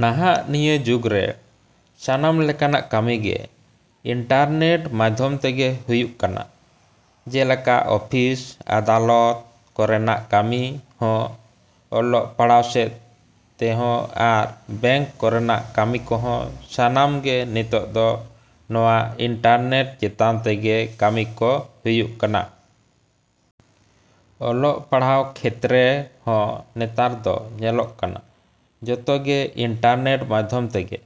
ᱱᱟᱦᱟᱜ ᱱᱤᱭᱟᱹ ᱡᱩᱜᱽ ᱨᱮ ᱥᱟᱱᱟᱢ ᱞᱮᱠᱟᱱᱟᱜ ᱠᱟᱹᱢᱤ ᱜᱮ ᱤᱱᱴᱟᱨᱱᱮᱴ ᱢᱟᱫᱷᱚᱢ ᱛᱮᱜᱮ ᱦᱩᱭᱩᱜ ᱠᱟᱱᱟ᱾ ᱡᱮᱞᱮᱠᱟ ᱚᱯᱷᱤᱥ, ᱟᱫᱟᱞᱚᱛ ᱠᱚᱨᱮᱱᱟᱜ ᱠᱟᱹᱢᱤ ᱦᱚᱸ, ᱚᱞᱚᱜ ᱯᱟᱲᱦᱟᱣ ᱥᱮᱫ ᱛᱮᱦᱚᱸ ᱟᱨ ᱵᱮᱝᱠ ᱠᱚᱨᱮᱱᱟᱜ ᱠᱟᱹᱢᱤ ᱠᱚᱦᱚᱸ ᱥᱟᱱᱟᱢ ᱜᱮ ᱱᱤᱛᱚᱜ ᱫᱚ ᱱᱚᱣᱟ ᱤᱱᱴᱟᱨᱱᱮᱴ ᱪᱮᱛᱟᱱ ᱛᱮᱜᱮ ᱠᱟᱹᱢᱤ ᱠᱚ ᱦᱩᱭᱩᱜ ᱠᱟᱱᱟ᱾ ᱚᱞᱚᱜ ᱯᱟᱲᱦᱟᱜ ᱠᱷᱮᱛᱨᱮ ᱦᱚᱸ ᱱᱮᱛᱟᱨ ᱫᱚ ᱧᱮᱞᱚᱜ ᱠᱟᱱᱟ ᱡᱚᱛᱚ ᱜᱮ ᱤᱱᱴᱟᱨᱱᱮᱴ ᱢᱟᱫᱷᱚᱢ ᱛᱮᱜᱮ᱾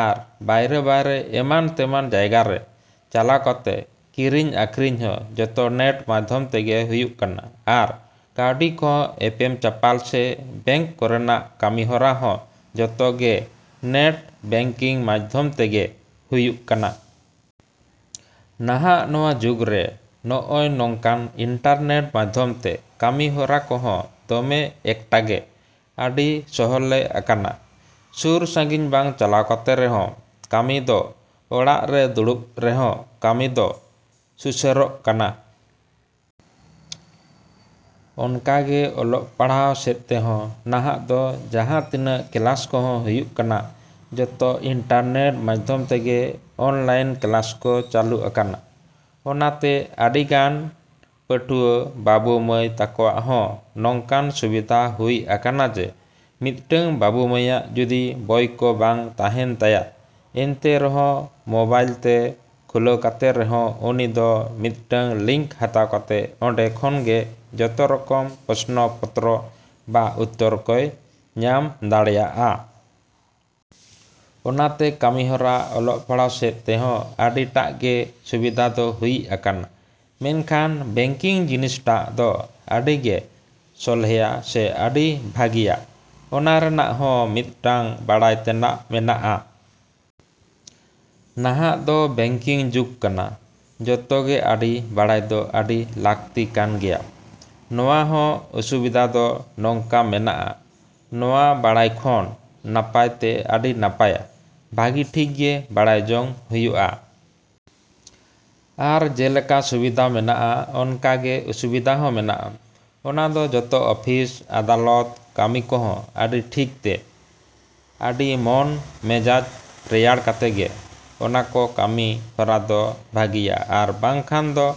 ᱟᱨ ᱵᱟᱭᱨᱮ-ᱵᱟᱭᱨᱮ ᱮᱢᱟᱱ ᱛᱮᱢᱟᱱ ᱡᱟᱭᱜᱟ ᱨᱮ ᱪᱟᱞᱟᱣ ᱠᱟᱛᱮ ᱠᱤᱨᱤᱧ ᱟᱠᱷᱨᱤᱧ ᱦᱚᱸ ᱡᱚᱛᱚ ᱱᱮᱴ ᱢᱟᱫᱷᱚᱢ ᱛᱮᱜᱮ ᱦᱩᱭᱩᱜ ᱠᱟᱱᱟ ᱟᱨ ᱠᱟᱹᱣᱰᱤ ᱠᱚᱦᱚᱸ ᱮᱯᱮᱢ ᱪᱟᱯᱟᱞ ᱥᱮ ᱵᱮᱝᱠ ᱠᱚᱨᱮᱱᱟᱜ ᱠᱟᱹᱢᱤ ᱦᱚᱨᱟ ᱦᱚᱸ ᱡᱚᱛᱚ ᱜᱮ ᱱᱮᱴ ᱵᱮᱝᱠᱤᱝ ᱢᱟᱫᱷᱚᱢ ᱛᱮᱜᱮ ᱦᱩᱭᱩᱜ ᱠᱟᱱᱟ᱾ ᱱᱟᱦᱟᱜ ᱱᱚᱣᱟ ᱡᱩᱜᱽ ᱨᱮ ᱱᱚᱜᱼᱚᱭ ᱱᱚᱝᱠᱟᱱ ᱤᱱᱴᱟᱨᱱᱮᱴ ᱢᱟᱫᱷᱚᱢ ᱛᱮ ᱠᱟᱹᱢᱤ ᱦᱚᱨᱟ ᱠᱚᱦᱚᱸ ᱫᱚᱢᱮ ᱮᱠᱴᱟ ᱜᱮ ᱟᱹᱰᱤ ᱥᱚᱦᱚᱞᱮ ᱟᱠᱟᱱᱟ᱾ ᱥᱩᱨ-ᱥᱟᱺᱜᱤᱧ ᱵᱟᱝ ᱪᱟᱞᱟᱣ ᱠᱟᱛᱮ ᱨᱮᱦᱚᱸ ᱠᱟᱹᱢᱤ ᱫᱚ ᱚᱲᱟᱜ ᱨᱮ ᱫᱩᱲᱩᱵ ᱨᱮᱦᱚᱸ ᱠᱟᱹᱢᱤ ᱫᱚ ᱥᱩᱥᱟᱹᱨᱚᱜ ᱠᱟᱱᱟ᱾ ᱚᱱᱠᱟ ᱜᱮ ᱚᱞᱚᱜ ᱯᱟᱲᱦᱟᱣ ᱥᱮᱫ ᱛᱮᱦᱚᱸ ᱱᱟᱦᱟᱜ ᱫᱚ ᱡᱟᱦᱟᱸ ᱛᱤᱱᱟᱹᱜ ᱠᱞᱟᱥ ᱠᱚᱦᱚᱸ ᱦᱩᱭᱩᱜ ᱠᱟᱱᱟ ᱡᱚᱛᱚ ᱤᱱᱴᱟᱨᱱᱮᱴ ᱢᱟᱫᱷᱚᱢ ᱛᱮᱜᱮ ᱚᱱᱞᱟᱭᱤᱱ ᱠᱞᱟᱥ ᱠᱚ ᱪᱟᱹᱞᱩ ᱟᱠᱟᱱᱟ᱾ ᱚᱱᱟ ᱛᱮ ᱟᱹᱰᱤ ᱜᱟᱱ ᱯᱟᱹᱴᱷᱩᱭᱟᱹ ᱵᱟᱹᱵᱩᱼᱢᱟᱹᱭ ᱛᱟᱠᱚᱣᱟᱜ ᱦᱚᱸ ᱱᱚᱝᱠᱟᱱ ᱥᱩᱵᱤᱫᱟ ᱦᱩᱭ ᱟᱠᱟᱱᱟ ᱡᱮ ᱢᱤᱫᱴᱟᱹᱝ ᱵᱟᱹᱵᱩᱼᱢᱟᱹᱭᱟᱜ ᱡᱩᱫᱤ ᱵᱚᱭ ᱠᱚ ᱵᱟᱝ ᱛᱟᱦᱮᱱ ᱛᱟᱭᱟ ᱮᱱᱛᱮ ᱨᱮᱦᱚᱸ ᱢᱚᱵᱟᱭᱤᱞ ᱛᱮ ᱠᱷᱩᱞᱟᱹᱣ ᱠᱟᱛᱮ ᱨᱮᱦᱚᱸ ᱩᱱᱤ ᱫᱚ ᱢᱤᱫᱴᱟᱝ ᱞᱤᱝᱠ ᱦᱟᱛᱟᱣ ᱠᱟᱛᱮ ᱚᱸᱰᱮ ᱠᱷᱚᱱ ᱜᱮ ᱡᱚᱛᱚ ᱨᱚᱠᱚᱢ ᱯᱚᱥᱱᱚ ᱯᱚᱛᱨᱚ ᱵᱟ ᱩᱛᱛᱚᱨ ᱠᱚᱭ ᱧᱟᱢ ᱫᱟᱲᱮᱭᱟᱜᱼᱟ᱾ ᱚᱱᱟ ᱛᱮ ᱠᱟᱹᱢᱤ ᱦᱚᱨᱟ ᱚᱞᱚᱜ ᱯᱟᱲᱦᱟᱣ ᱥᱮᱫ ᱛᱮᱦᱚᱸ ᱟᱹᱰᱤ ᱴᱟᱜ ᱜᱮ ᱥᱩᱵᱤᱫᱟ ᱫᱚ ᱦᱩᱭ ᱟᱠᱟᱱᱟ᱾ ᱢᱮᱱᱠᱷᱟᱱ ᱵᱮᱝᱠᱤᱝ ᱡᱤᱱᱤᱥ ᱴᱟᱜ ᱫᱚ ᱟᱹᱰᱤ ᱜᱮ ᱥᱚᱞᱦᱮᱭᱟ ᱥᱮ ᱟᱹᱰᱤ ᱵᱷᱟᱹᱜᱤᱭᱟ᱾ ᱚᱱᱟ ᱨᱮᱱᱟᱜ ᱦᱚᱸ ᱢᱤᱫᱴᱟᱹᱝ ᱵᱟᱲᱟᱭ ᱛᱮᱱᱟᱜ ᱢᱮᱱᱟᱜᱼᱟ᱾ ᱱᱟᱦᱟᱜ ᱫᱚ ᱵᱮᱝᱠᱤᱝ ᱡᱩᱜᱽ ᱠᱟᱱᱟ, ᱡᱚᱛᱚ ᱜᱮ ᱟᱹᱰᱤ ᱵᱟᱲᱟᱭ ᱫᱚ ᱟᱹᱰᱤ ᱞᱟᱹᱠᱛᱤ ᱠᱟᱱ ᱜᱮᱭᱟ᱾ ᱱᱚᱣᱟ ᱦᱚᱸ ᱚᱥᱩᱵᱤᱫᱟ ᱫᱚ ᱱᱚᱝᱠᱟ ᱢᱮᱱᱟᱜᱼᱟ, ᱱᱚᱣᱟ ᱵᱟᱲᱟᱭ ᱠᱷᱚᱱ ᱱᱟᱯᱟᱭ ᱛᱮ ᱟᱹᱰᱤ ᱱᱟᱯᱟᱭᱟ᱾ ᱵᱷᱟᱹᱜᱤ ᱴᱷᱤᱠ ᱜᱮ ᱵᱟᱲᱟᱭ ᱡᱚᱝ ᱦᱩᱭᱩᱜᱼᱟ᱾ ᱟᱨ ᱡᱮᱞᱮᱠᱟ ᱥᱩᱵᱤᱫᱟ ᱢᱮᱱᱟᱜᱼᱟ ᱚᱱᱠᱟ ᱜᱮ ᱚᱥᱩᱵᱤᱫᱟ ᱦᱚᱸ ᱢᱮᱱᱟᱜᱼᱟ᱾ ᱚᱱᱟ ᱫᱚ ᱡᱚᱛᱚ ᱚᱯᱷᱤᱥ, ᱟᱫᱟᱞᱚᱛ ᱠᱟᱹᱢᱤ ᱠᱚᱦᱚᱸ ᱟᱹᱰᱤ ᱴᱷᱤᱠ ᱛᱮ, ᱟᱹᱰᱤ ᱢᱚᱱ ᱢᱮᱡᱟᱡᱽ ᱨᱮᱭᱟᱲ ᱠᱟᱛᱮ ᱜᱮ ᱚᱱᱟ ᱠᱚ ᱠᱟᱹᱢᱤ ᱦᱚᱨᱟ ᱫᱚ ᱵᱷᱟᱹᱜᱤᱭᱟ ᱟᱨ ᱵᱟᱝᱠᱷᱟᱱ ᱫᱚ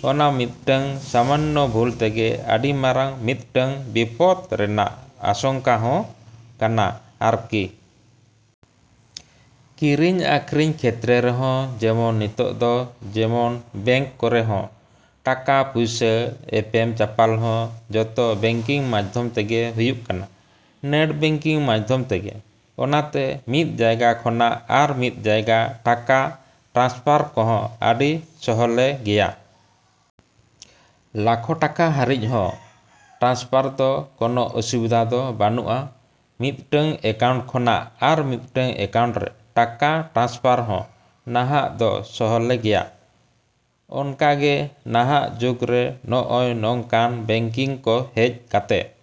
ᱚᱱᱟ ᱢᱤᱫᱴᱟᱝ ᱥᱟᱢᱟᱱᱱᱚ ᱵᱷᱩᱞ ᱛᱮᱜᱮ ᱟᱹᱰᱤ ᱢᱟᱨᱟᱝ ᱢᱤᱫᱴᱟᱝ ᱵᱤᱯᱚᱫ ᱨᱮᱱᱟᱜ ᱟᱥᱚᱝᱠᱟ ᱦᱚᱸ ᱠᱟᱱᱟ ᱟᱨᱠᱤ᱾ ᱠᱤᱨᱤᱧ ᱟᱠᱷᱨᱤᱧ ᱠᱷᱮᱛᱨᱮ ᱨᱮᱦᱚᱸ ᱡᱮᱢᱚᱱ ᱱᱤᱛᱚᱜ ᱫᱚ ᱡᱮᱢᱚᱱ ᱵᱮᱝᱠ ᱠᱚᱨᱮ ᱦᱚᱸ ᱴᱟᱠᱟ ᱯᱩᱭᱥᱟᱹ ᱮᱯᱮᱢ ᱪᱟᱯᱟᱞ ᱦᱚᱸ ᱡᱚᱛᱚ ᱵᱮᱝᱠᱤᱝ ᱢᱟᱫᱷᱚᱢ ᱛᱮᱜᱮ ᱦᱩᱭᱩᱜ ᱠᱟᱱᱟ, ᱱᱮᱴ ᱵᱮᱝᱠᱤᱝ ᱢᱟᱫᱷᱚᱢ ᱛᱮᱜᱮ᱾ ᱚᱱᱟ ᱛᱮ ᱢᱤᱫ ᱡᱟᱭᱜᱟ ᱠᱷᱚᱱᱟᱜ ᱟᱨ ᱢᱤᱫ ᱡᱟᱭᱜᱟ ᱴᱟᱠᱟ ᱴᱨᱟᱱᱥᱯᱟᱨ ᱠᱚᱦᱚᱸ ᱟᱹᱰᱤ ᱥᱚᱦᱚᱞᱮ ᱜᱮᱭᱟ᱾ ᱞᱟᱠᱷᱚ ᱴᱟᱠᱟ ᱦᱟᱹᱨᱤᱡ ᱦᱚᱸ ᱴᱨᱟᱱᱥᱯᱟᱨ ᱫᱚ ᱠᱚᱱᱚ ᱚᱥᱩᱵᱤᱫᱟ ᱫᱚ ᱵᱟᱹᱱᱩᱜᱼᱟ ᱾ ᱢᱤᱫᱴᱟᱹᱝ ᱮᱠᱟᱩᱱᱴ ᱠᱷᱚᱱᱟᱜ ᱟᱨ ᱢᱤᱫᱴᱟᱝ ᱮᱠᱟᱩᱱᱴ ᱨᱮ ᱴᱟᱠᱟ ᱴᱨᱟᱱᱥᱯᱟᱨ ᱦᱚᱸ ᱱᱟᱦᱟᱜ ᱫᱚ ᱥᱚᱦᱚᱞᱮ ᱜᱮᱭᱟ᱾ ᱚᱱᱠᱟ ᱜᱮ ᱱᱟᱦᱟᱜ ᱡᱩᱜᱽ ᱨᱮ ᱱᱚᱜᱼᱚᱭ ᱱᱚᱝᱠᱟᱱ ᱵᱮᱝᱠᱤᱝ ᱠᱚ ᱦᱮᱡ ᱠᱟᱛᱮ